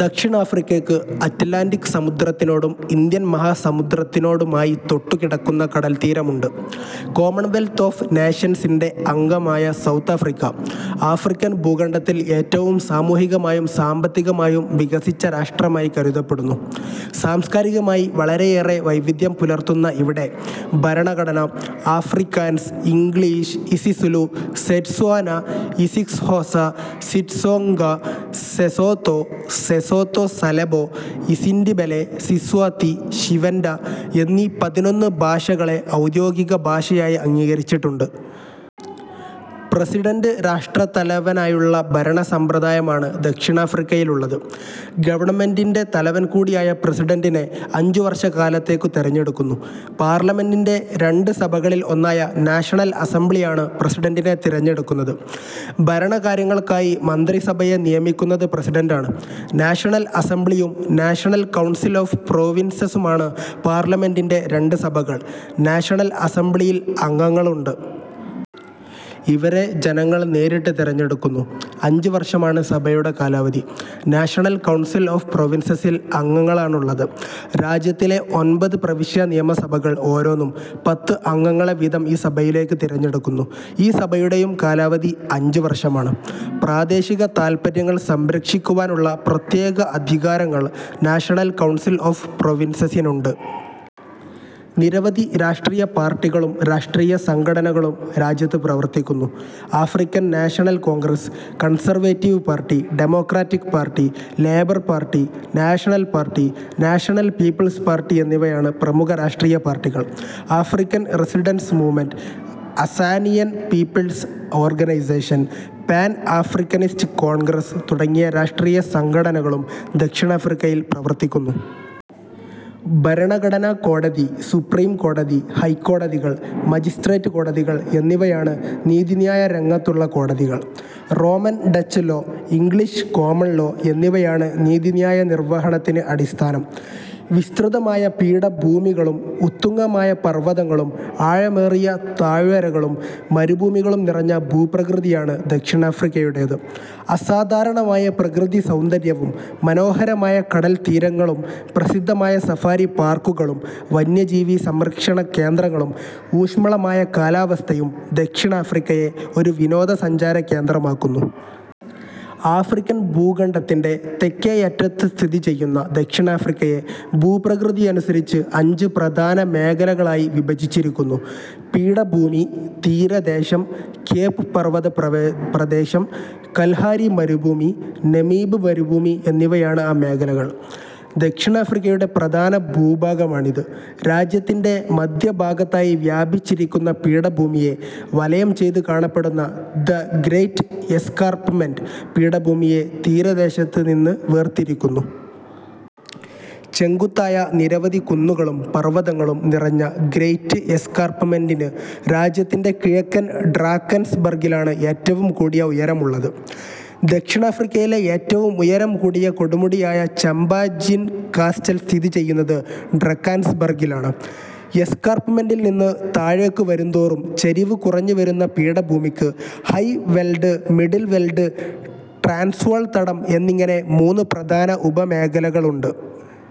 ദക്ഷിണാഫിക്കയ്ക്ക് Atlantic സമുദ്രത്തിനോടും Indian മഹാസമുദ്രത്തിനോടുമായി തൊട്ടുകിടക്കുന്ന കടൽത്തീരമുണ്ട് കോമൺവെൽത്ത് ഓഫ് നേഷൻസിന്റെ അംഗമായ സൗത്ത് ആഫ്രിക്ക, ആഫ്രിക്കൻ ഭൂഖണ്ഡത്തിൽ ഏറ്റവും സാമൂഹികമായും സാമ്പത്തികമായും വികസിച്ച രാഷ്ട്രമായി കരുതപ്പെടുന്നു. സാംസ്കാരികമായി വളരേയേറെ വൈവിധ്യം പുലർത്തുന്ന് ഇവിടെ ഭരണഘടന Afrikaans, English, isiZulu, Setswana isiXhosa, Xitsonga, Sesotho, Sesotho sa Leboa, isiNdebele, Siswati, Xivenda, എന്നീ പതിനൊന്ന് ഭാഷകളെ ഔദ്യോഗികഭാഷയായി അംഗീകരിച്ചിട്ടുണ്ട്. പ്രസിഡന്റ് രാഷ്ട്രത്തലവനായുള്ള ഭരണസമ്പ്രദായമാണ് ദക്ഷിണാഫ്രിക്കയിലുള്ളത്. ഗവണ്മെന്റിന്റെ തലവൻകൂടിയായ പ്രസിഡന്റിനെ അഞ്ചുവർഷക്കാലത്തേക്കു തെരഞ്ഞെടുക്കുന്നു. പാർലമെന്റിന്റെ രണ്ട് സഭകളിൽ ഒന്നായ നാഷണൽ അസംബ്ലിയാണ് പ്രസിഡന്റിനെ തെരഞ്ഞെടുക്കുന്നത്. ഭരണ കാര്യങ്ങൾക്കായി മന്ത്രിസഭയെ നിയമിക്കുന്നത് പ്രസിഡന്റാണ്. നാഷണൽ അസംബ്ലിയും നാഷണൽ കൗൺസിൽ ഒഫ് പ്രോവിൻസസും ആണ് പാർലമെന്റിന്റെ രണ്ട് സഭകൾ. നാഷണൽ അസംബ്ളിയിൽ അംഗങ്ങളുണ്ട്. ഇവരെ ജനങ്ങൾ നേരിട്ട് തെരഞ്ഞെടുക്കുന്നു. അഞ്ചുവർഷമാണ് സഭയുടെ കാലാവധി. നാഷണൽ കൌൺസിൽ ഒഫ് പ്രോവിൻസസിൽ അംഗങ്ങളാണുള്ളത്. രാജ്യത്തിലെ ഒൻപത് പ്രവിശ്യാനിയമസഭകൾ ഓരോന്നും പത്ത് അംഗങ്ങളെ വീതം ഈ സഭയിലേക്കു തെരഞ്ഞെടുക്കുന്നു. ഈ സഭയുടെയും കാലാവധി അഞ്ചുവർഷമാണ്. പ്രാദേശിക താത്പര്യങ്ങൾ സംരക്ഷിക്കുവാനുള്ള പ്രത്യേക അധികാരങ്ങൾ നാഷണൽ കൌൺസിൽ ഒഫ് പ്രോവിൻസസിനുണ്ട്. നിരവധി രാഷ്ട്രീയ പാർട്ടികളും രാഷ്ട്രീയ സംഘടനകളും രാജ്യത്ത് പ്രവർത്തിക്കുന്നു. African National Congress, Conservative Party, Democratic Party, Labour Party, National Party, National People's Party എന്നിവയാണ് പ്രമുഖ രാഷ്ട്രീയ പാർട്ടികൾ. African Resistance Movement, Azanian People's Organisation, Pan Africanist Congress തുടങ്ങിയ രാഷ്ട്രീയ സംഘടനകളും ദക്ഷിണാഫ്രിക്കയിൽ പ്രവർത്തിക്കുന്നു. ഭരണഘടനാ കോടതി, സുപ്രീം കോടതി, ഹൈക്കോടതികൾ, മജിസ്റ്റ്രേറ്റ് കോടതികൾ എന്നിവയാണ് നീതിന്യായരംഗത്തുള്ള കോടതികൾ. Roman Dutch law, English common law എന്നിവയാണ് നീതിന്യായ നിർവഹണത്തിന് അടിസ്ഥാനം. വിസ്തൃതമായ പീഠഭൂമികളും ഉത്തുംഗമായ പർവതങ്ങളും ആഴമേറിയ താഴ്വരകളും മരുഭൂമികളും നിറഞ്ഞ ഭൂപ്രകൃതിയാണ് ദക്ഷിണാഫ്രിക്കയുടേത്. അസാധാരണമായ പ്രകൃതിസൗന്ദര്യവും മനോഹരമായ കടൽത്തീരങ്ങളും പ്രസിദ്ധമായ സഫാരി പാർക്കുകളും വന്യജീവി സംരക്ഷണകേന്ദ്രങ്ങളും ഊഷ്മളമായ കാലാവസ്ഥയും ദക്ഷിണാഫ്രിക്കയെ ഒരു വിനോദസഞ്ചാരകേന്ദ്രമാക്കുന്നു. ആഫ്രിക്കൻ ഭൂഖണ്ഡത്തിന്റെ തെക്കേയറ്റത്തു സ്ഥിതിചെയ്യുന്ന ദക്ഷിണാഫ്രിക്കയെ ഭൂപ്രകൃതിയനുസരിച്ച് അഞ്ച് പ്രധാന മേഖലകളായി വിഭജിച്ചിരിക്കുന്നു. പീഠഭൂമി, തീരദേശം, കേപ് പർവതപ്രദേശം, കൽഹാരി മരുഭൂമി, നമീബ് മരുഭൂമി എന്നിവയാണ് ആ മേഖലകൾ. ദക്ഷിണാഫ്രിക്കയുടെ പ്രധാന ഭൂഭാഗമാണിത്. രാജ്യത്തിന്റെ മധ്യഭാഗത്തായി വ്യാപിച്ചിരിക്കുന്ന പീഠഭൂമിയെ വലയംചെയ്തു കാണപ്പെടുന്ന 'ദ് ഗ്രെയ്റ്റ് എസ്കാർപ്മെന്റ്' പീഠഭൂമിയെ തീരദേശത്തിൽനിന്നു വേർതിരിക്കുന്നു. ചെങ്കുത്തായ നിരവധി കുന്നുകളും പർവതങ്ങളും നിറഞ്ഞ ഗ്രെയ്റ്റ് എസ്കാർപ്മെന്റിന് രാജ്യത്തിന്റെ കിഴക്കൻ ഡ്രാക്കൻസ്ബർഗിലാണ് ഏറ്റവും കൂടിയ ഉയരം ഉള്ളത്. ദക്ഷിണാഫ്രിക്കയിലെ ഏറ്റവും ഉയരം കൂടിയ കൊടുമുടിയായ ചാമ്പാജിൻ കാസ്റ്റൽ സ്ഥിതിചെയ്യുന്നത് ഡ്രാക്കൻസ്ബർഗിലാണ്. എസ്കാർപ്മെന്റിൽ നിന്ന് താഴേക്കു വരുന്തോറും ചരിവ് കുറഞ്ഞുവരുന്ന പീഠഭൂമിക്ക് High Veld, Middle Veld, Transvaal തടം എന്നിങ്ങനെ മൂന്ന് പ്രധാന ഉപമേഖലകളുണ്ട്.